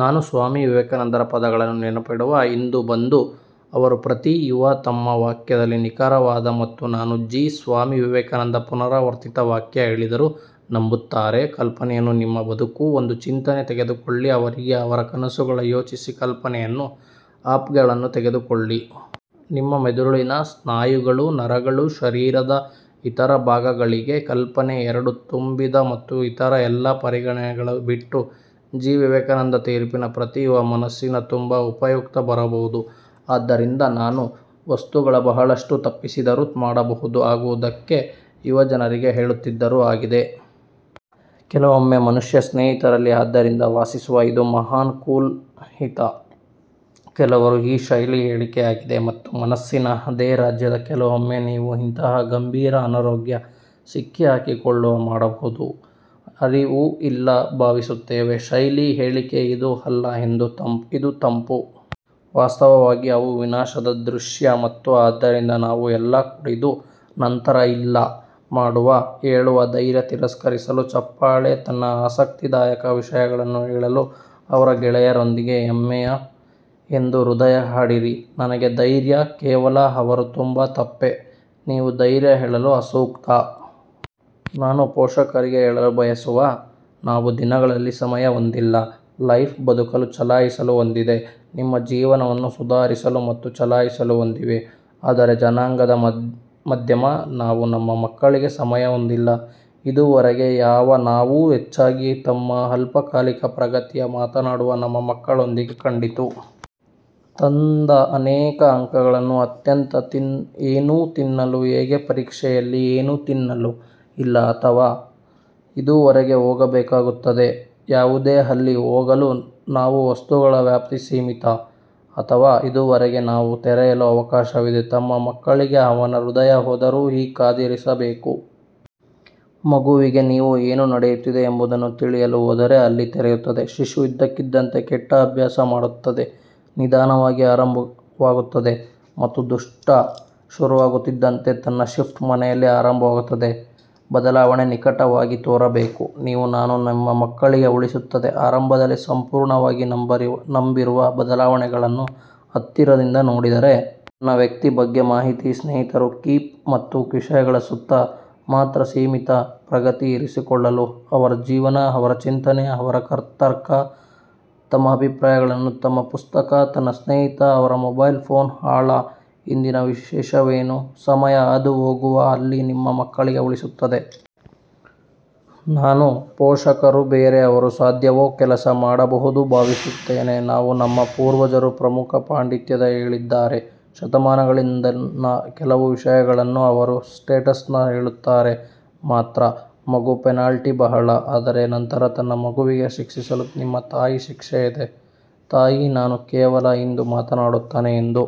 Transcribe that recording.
ನಾನು ಸ್ವಾಮಿ ವಿವೇಕಾನಂದರ ಪದಗಳನ್ನು ನೆನಪಿಡುವ ಇಂದು ಬಂದು. ಅವರು ಪ್ರತಿ ಯುವ ತಮ್ಮ ವಾಕ್ಯದಲ್ಲಿ ನಿಖರವಾದ ಮತ್ತು ನಾನು ಜಿ ಸ್ವಾಮಿ ವಿವೇಕಾನಂದ ಪುನರಾವರ್ತಿತ ವಾಕ್ಯ ಹೇಳಿದರು ನಂಬುತ್ತಾರೆ ಕಲ್ಪನೆಯನ್ನು ನಿಮ್ಮ ಬದುಕು, ಒಂದು ಚಿಂತನೆ ತೆಗೆದುಕೊಳ್ಳಿ. ಅವರಿಗೆ, ಅವರ ಕನಸುಗಳ ಯೋಚಿಸಿ. ಕಲ್ಪನೆಯನ್ನು ಅಪ್ಗಳನ್ನು ತೆಗೆದುಕೊಳ್ಳಿ. ನಿಮ್ಮ ಮೆದುಳಿನ, ಸ್ನಾಯುಗಳು, ನರಗಳು, ಶರೀರದ ಇತರ ಭಾಗಗಳಿಗೆ ಕಲ್ಪನೆ ಎರಡು ತುಂಬಿದ ಮತ್ತು ಎಲ್ಲಾ ಇತರ ಪರಿಗಣನೆಗಳು ಬಿಟ್ಟು. ಜಿ ವಿವೇಕಾನಂದ ತೀರ್ಪಿನ ಪ್ರತಿ ಯುವ ಮನಸ್ಸಿನ, ತುಂಬಾ ಉಪಯುಕ್ತ ಬರಬಹುದು ಆದ್ದರಿಂದ, ನಾನು ವಸ್ತುಗಳ ಬಹಳಷ್ಟು ತಪ್ಪಿಸಿದರು ಮಾಡಬಹುದು ಆಗುವುದಕ್ಕೆ ಯುವ ಜನರಿಗೆ ಹೇಳುತ್ತಿದ್ದರು ಆಗಿದೆ. ಕೆಲವೊಮ್ಮೆ ಮನುಷ್ಯ ಸ್ನೇಹಿತರಲ್ಲಿ ಆದ್ದರಿಂದ ವಾಸಿಸುವ ಇದು ಮಹಾನ್ ಕೂಲ್ ಹಿತ. ಕೆಲವರು ಈ ಶೈಲಿ ಹೇಳಿಕೆಯಾಗಿದೆ ಮತ್ತು ಮನಸ್ಸಿನ ಅದೇ ರಾಜ್ಯದ, ಕೆಲವೊಮ್ಮೆ ನೀವು ಇಂತಹ ಗಂಭೀರ ಅನಾರೋಗ್ಯ ಸಿಕ್ಕಿಹಾಕಿಕೊಳ್ಳುವ ಮಾಡಬಹುದು, ಅರಿವು ಇಲ್ಲ ಭಾವಿಸುತ್ತೇನೆ. ಶೈಲಿ ಹೇಳಿಕೆ ಇದು ಅಲ್ಲ ಇದು ತಂಪು. ವಾಸ್ತವವಾಗಿ, ಅವು ವಿನಾಶದ ದೃಶ್ಯ ಮತ್ತು ಆದ್ದರಿಂದ ನಾವು ಎಲ್ಲಾ ಕುಡಿದು, ನಂತರ 'ಇಲ್ಲ', ಮಾಡುವ, ಹೇಳುವ ಧೈರ್ಯ ತಿರಸ್ಕರಿಸಲು, ಚಪ್ಪಾಳೆ ತನ್ನ ಆಸಕ್ತಿದಾಯಕ ವಿಷಯಗಳನ್ನು ಹೇಳಲು ಅವರ ಗೆಳೆಯರೊಂದಿಗೆ ಹೆಮ್ಮೆಯ ಎಂದು ಹೃದಯ ಹಾಡಿರಿ ನನಗೆ ಧೈರ್ಯ ಕೇವಲ ಅವರು ತುಂಬಾ ತಪ್ಪೇ, ನೀವು ಧೈರ್ಯ ಹೇಳಲು ಅಸೂಕ್ತ. ನಾನು ಪೋಷಕರಿಗೆ ಹೇಳಲು ಬಯಸುವ. ನಾವು ದಿನಗಳಲ್ಲಿ ಸಮಯ ಹೊಂದಿಲ್ಲ. ಲೈಫ್ ಬದುಕಲು ಚಲಾಯಿಸಲು ಹೊಂದಿದೆ. ನಿಮ್ಮ ಜೀವನವನ್ನು ಸುಧಾರಿಸಲು ಮತ್ತು ಚಲಾಯಿಸಲು ಹೊಂದಿವೆ. ಆದರೆ ಜನಾಂಗದ ಮಧ್ಯಮ, ನಾವು ನಮ್ಮ ಮಕ್ಕಳಿಗೆ ಸಮಯ ಹೊಂದಿಲ್ಲ? ಇದುವರೆಗೆ ಯಾವ ನಾವು ಹೆಚ್ಚಾಗಿ ತಮ್ಮ ಅಲ್ಪಕಾಲಿಕ ಪ್ರಗತಿಯ ಮಾತನಾಡುವ ನಮ್ಮ ಮಕ್ಕಳೊಂದಿಗೆ ಕಂಡಿತು. ತಂದ ಅನೇಕ ಅಂಕಗಳನ್ನು ಅತ್ಯಂತ ಏನು ತಿನ್ನಲು ಹೇಗೆ ಪರೀಕ್ಷೆಯಲ್ಲಿ? ಏನು ತಿನ್ನಲು ಇಲ್ಲ ಅಥವಾ ಇದುವರೆಗೆ ಹೋಗಬೇಕಾಗುತ್ತದೆ? ಯಾವುದೇ ಅಲ್ಲಿ ಹೋಗಲು ನಾವು ವಸ್ತುಗಳ ವ್ಯಾಪ್ತಿ ಸೀಮಿತ. ಅಥವಾ ಇದುವರೆಗೆ ನಾವು ತೆರೆಯಲು ಅವಕಾಶವಿದೆ ತಮ್ಮ ಮಕ್ಕಳಿಗೆ ಅವನ ಹೃದಯ ಹೋದರು? ಈ ಕಾದಿರಿಸಬೇಕು. ಮಗುವಿಗೆ ನೀವು ಏನು ನಡೆಯುತ್ತಿದೆ ಎಂಬುದನ್ನು ತಿಳಿಯಲು ಹೋದರೆ ಅಲ್ಲಿ ತೆರೆಯುತ್ತದೆ. ಶಿಶು ಇದ್ದಕ್ಕಿದ್ದಂತೆ ಕೆಟ್ಟ ಅಭ್ಯಾಸ ಮಾಡುತ್ತದೆ ನಿಧಾನವಾಗಿ ಆರಂಭವಾಗುತ್ತದೆ ಮತ್ತು ದುಷ್ಟ ಶುರುವಾಗುತ್ತಿದ್ದಂತೆ ತನ್ನ ಶಿಫ್ಟ್ ಮನೆಯಲ್ಲಿ ಆರಂಭವಾಗುತ್ತದೆ. ಬದಲಾವಣೆ ನಿಕಟವಾಗಿ ತೋರಬೇಕು. ನೀವು ನಾನು ನಿಮ್ಮ ಮಕ್ಕಳಿಗೆ ಉಳಿಸುತ್ತದೆ ಆರಂಭದಲ್ಲಿ ಸಂಪೂರ್ಣವಾಗಿ ನಂಬಿರುವ ಬದಲಾವಣೆಗಳನ್ನು ಹತ್ತಿರದಿಂದ ನೋಡಿದರೆ. ತನ್ನ ವ್ಯಕ್ತಿ ಬಗ್ಗೆ ಮಾಹಿತಿ ಸ್ನೇಹಿತರು ಕೀಪ್ ಮತ್ತು ವಿಷಯಗಳ ಸುತ್ತ ಮಾತ್ರ ಸೀಮಿತ ಪ್ರಗತಿ ಇರಿಸಿಕೊಳ್ಳಲು. ಅವರ ಜೀವನ, ಅವರ ಚಿಂತನೆ, ಅವರ ತರ್ಕ, ತಮ್ಮ ಅಭಿಪ್ರಾಯಗಳನ್ನು ತಮ್ಮ ಪುಸ್ತಕ, ತನ್ನ ಸ್ನೇಹಿತ, ಅವರ ಮೊಬೈಲ್ ಫೋನ್ ಆಳ ಇಂದಿನ ವಿಶೇಷವೇನು? ಸಮಯ ಹಾದುಹೋಗುವ ಅಲ್ಲಿ, ನಿಮ್ಮ ಮಕ್ಕಳಿಗೆ ಉಳಿಸುತ್ತದೆ. ನಾನು ಪೋಷಕರು ಬೇರೆಯವರು ಸಾಧ್ಯವೋ ಕೆಲಸ ಮಾಡಬಹುದು ಭಾವಿಸುತ್ತೇನೆ. ನಾವು ನಮ್ಮ ಪೂರ್ವಜರು ಪ್ರಮುಖ ಪಾಂಡಿತ್ಯದ ಹೇಳಿದ್ದಾರೆ ಶತಮಾನಗಳಿಂದ ಕೆಲವು ವಿಷಯಗಳನ್ನು. ಅವರು ಸ್ಟೇಟ್ಸ್ಮನ್ ಹೇಳುತ್ತಾರೆ ಮಾತ್ರ. ಮಗು ಪೆನಾಲ್ಟಿ ಬಹಳ. ಆದರೆ ನಂತರ ತನ್ನ ಮಗುವಿಗೆ ಶಿಕ್ಷಿಸಲು ನಿಮ್ಮ ತಾಯಿ ಶಿಕ್ಷೆ ಇದೆ. ತಾಯಿ ನಾನು ಕೇವಲ ಇಂದು ಮಾತನಾಡುತ್ತಾನೆ ಎಂದು